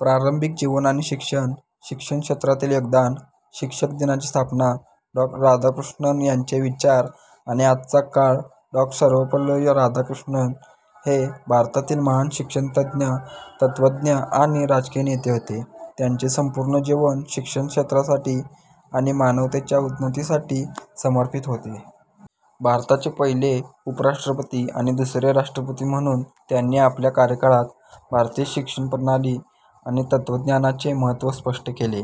प्रारंभिक जीवन आणि शिक्षण, शिक्षण क्षेत्रातील योगदान, शिक्षक दिनाची स्थापना, डॉ. राधाकृष्णन यांचे विचार आणि आजचा काळ, डॉ. सर्वपल्ली राधाकृष्णन हे भारतातील महान शिक्षणतज्ज्ञ, तत्त्वज्ञ आणि राजकीय नेते होते. त्यांचे संपूर्ण जीवन शिक्षण क्षेत्रासाठी आणि मानवतेच्या उन्नतीसाठी समर्पित होते. भारताचे पहिले उपराष्ट्रपती आणि दुसरे राष्ट्रपती म्हणून त्यांनी आपल्या कार्यकाळात भारतीय शिक्षण प्रणाली आणि तत्त्वज्ञानाचे महत्त्व स्पष्ट केले.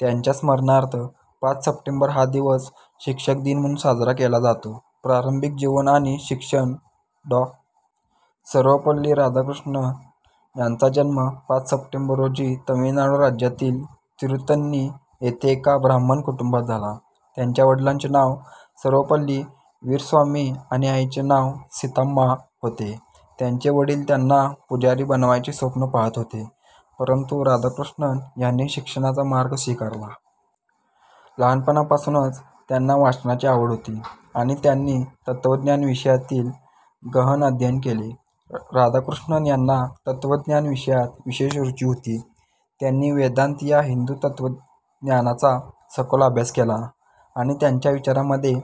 त्यांच्या स्मरणार्थ पाच सप्टेंबर हा दिवस शिक्षक दिन म्हणून साजरा केला जातो. प्रारंभिक जीवन आणि शिक्षण, डॉ. सर्वपल्ली राधाकृष्णन यांचा जन्म पाच सप्टेंबर रोजी तामिळनाडू राज्यातील तिरुत्तनी येथे एका ब्राह्मण कुटुंबात झाला. त्यांच्या वडिलांचे नाव सर्वपल्ली वीरस्वामी आणि आईचे नाव सीताम्मा होते. त्यांचे वडील त्यांना पुजारी बनवण्याचे स्वप्न पाहत होते, परंतु राधाकृष्णन यांनी शिक्षणाचा मार्ग स्वीकारला. लहानपणापासूनच त्यांना वाचनाची आवड होती आणि त्यांनी तत्त्वज्ञान विषयातील गहन अध्ययन केले. राधाकृष्णन यांना तत्त्वज्ञान विषयात विशेष रुची होती. त्यांनी वेदांत या हिंदू तत्त्वज्ञानाचा सखोल अभ्यास केला आणि त्यांच्या विचारांमध्ये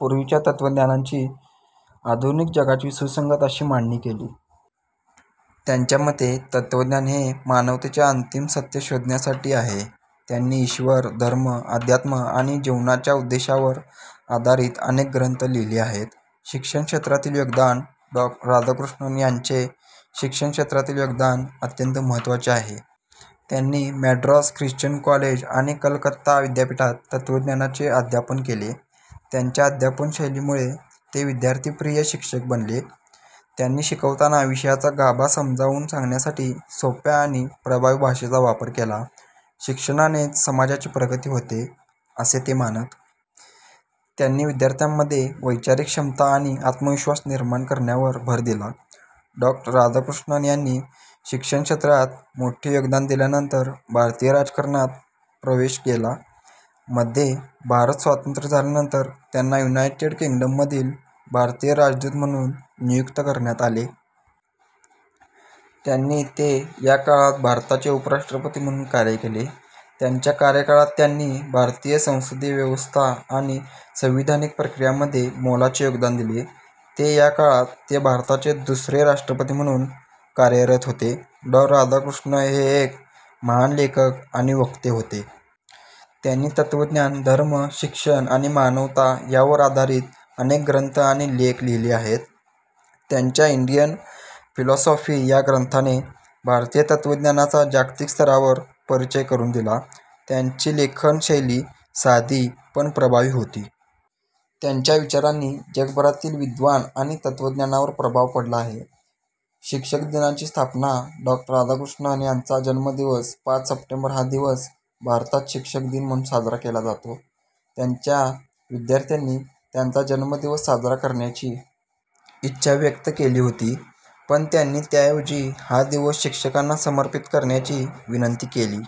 पूर्वीच्या तत्त्वज्ञांची आधुनिक जगाशी सुसंगत अशी मांडणी केली. त्यांच्या मते, तत्त्वज्ञान हे मानवतेचे अंतिम सत्य शोधण्यासाठी आहे. त्यांनी ईश्वर, धर्म, अध्यात्म आणि जीवनाच्या उद्देशांवर आधारित अनेक ग्रंथ लिहिले आहेत. शिक्षण क्षेत्रातील योगदान, डॉ. राधाकृष्णन यांचे शिक्षण क्षेत्रातील योगदान अत्यंत महत्त्वाचे आहे. त्यांनी मॅड्रास ख्रिश्चन कॉलेज आणि कलकत्ता विद्यापीठात तत्त्वज्ञानाचे अध्यापन केले. त्यांच्या अध्यापन शैलीमुळे ते विद्यार्थीप्रिय शिक्षक बनले. त्यांनी शिकवताना विषयाचा गाभा समजावून सांगण्यासाठी सोप्या आणि प्रभावी भाषेचा वापर केला. शिक्षणानेच समाजाची प्रगती होते, असे ते मानत. त्यांनी विद्यार्थ्यांमध्ये वैचारिक क्षमता आणि आत्मविश्वास निर्माण करण्यावर भर दिला. डॉ. राधाकृष्णन यांनी शिक्षण क्षेत्रात मोठे योगदान दिल्यानंतर भारतीय राजकारणात प्रवेश केला. मध्ये भारत स्वतंत्र झाल्यानंतर त्यांना युनायटेड किंगडममधील भारतीय राजदूत म्हणून नियुक्त करण्यात आले. त्यांनी ते या काळात भारताचे उपराष्ट्रपती म्हणून कार्य केले. त्यांच्या कार्यकाळात त्यांनी भारतीय संसदीय व्यवस्था आणि संविधानिक प्रक्रियांमध्ये मोलाचे योगदान दिले. ते या काळात ते भारताचे दुसरे राष्ट्रपती म्हणून कार्यरत होते. डॉ. राधाकृष्णन हे एक महान लेखक आणि वक्ते होते. त्यांनी तत्त्वज्ञान, धर्म, शिक्षण आणि मानवता यांवर आधारित अनेक ग्रंथ आणि लेख लिहिले आहेत. त्यांच्या इंडियन फिलॉसॉफी या ग्रंथाने भारतीय तत्त्वज्ञानाचा जागतिक स्तरावर परिचय करून दिला. त्यांची लेखन शैली साधी, पण प्रभावी होती. त्यांच्या विचारांनी जगभरातील विद्वान आणि तत्त्वज्ञांवर प्रभाव पाडला आहे. शिक्षक दिनाची स्थापना, डॉ. राधाकृष्णन यांचा जन्मदिवस पाच सप्टेंबर हा दिवस भारतात शिक्षक दिन म्हणून साजरा केला जातो. त्यांच्या विद्यार्थ्यांनी त्यांचा जन्मदिवस साजरा करण्याची इच्छा व्यक्त केली होती, पण त्यांनी त्याऐवजी हा दिवस शिक्षकांना समर्पित करण्याची विनंती केली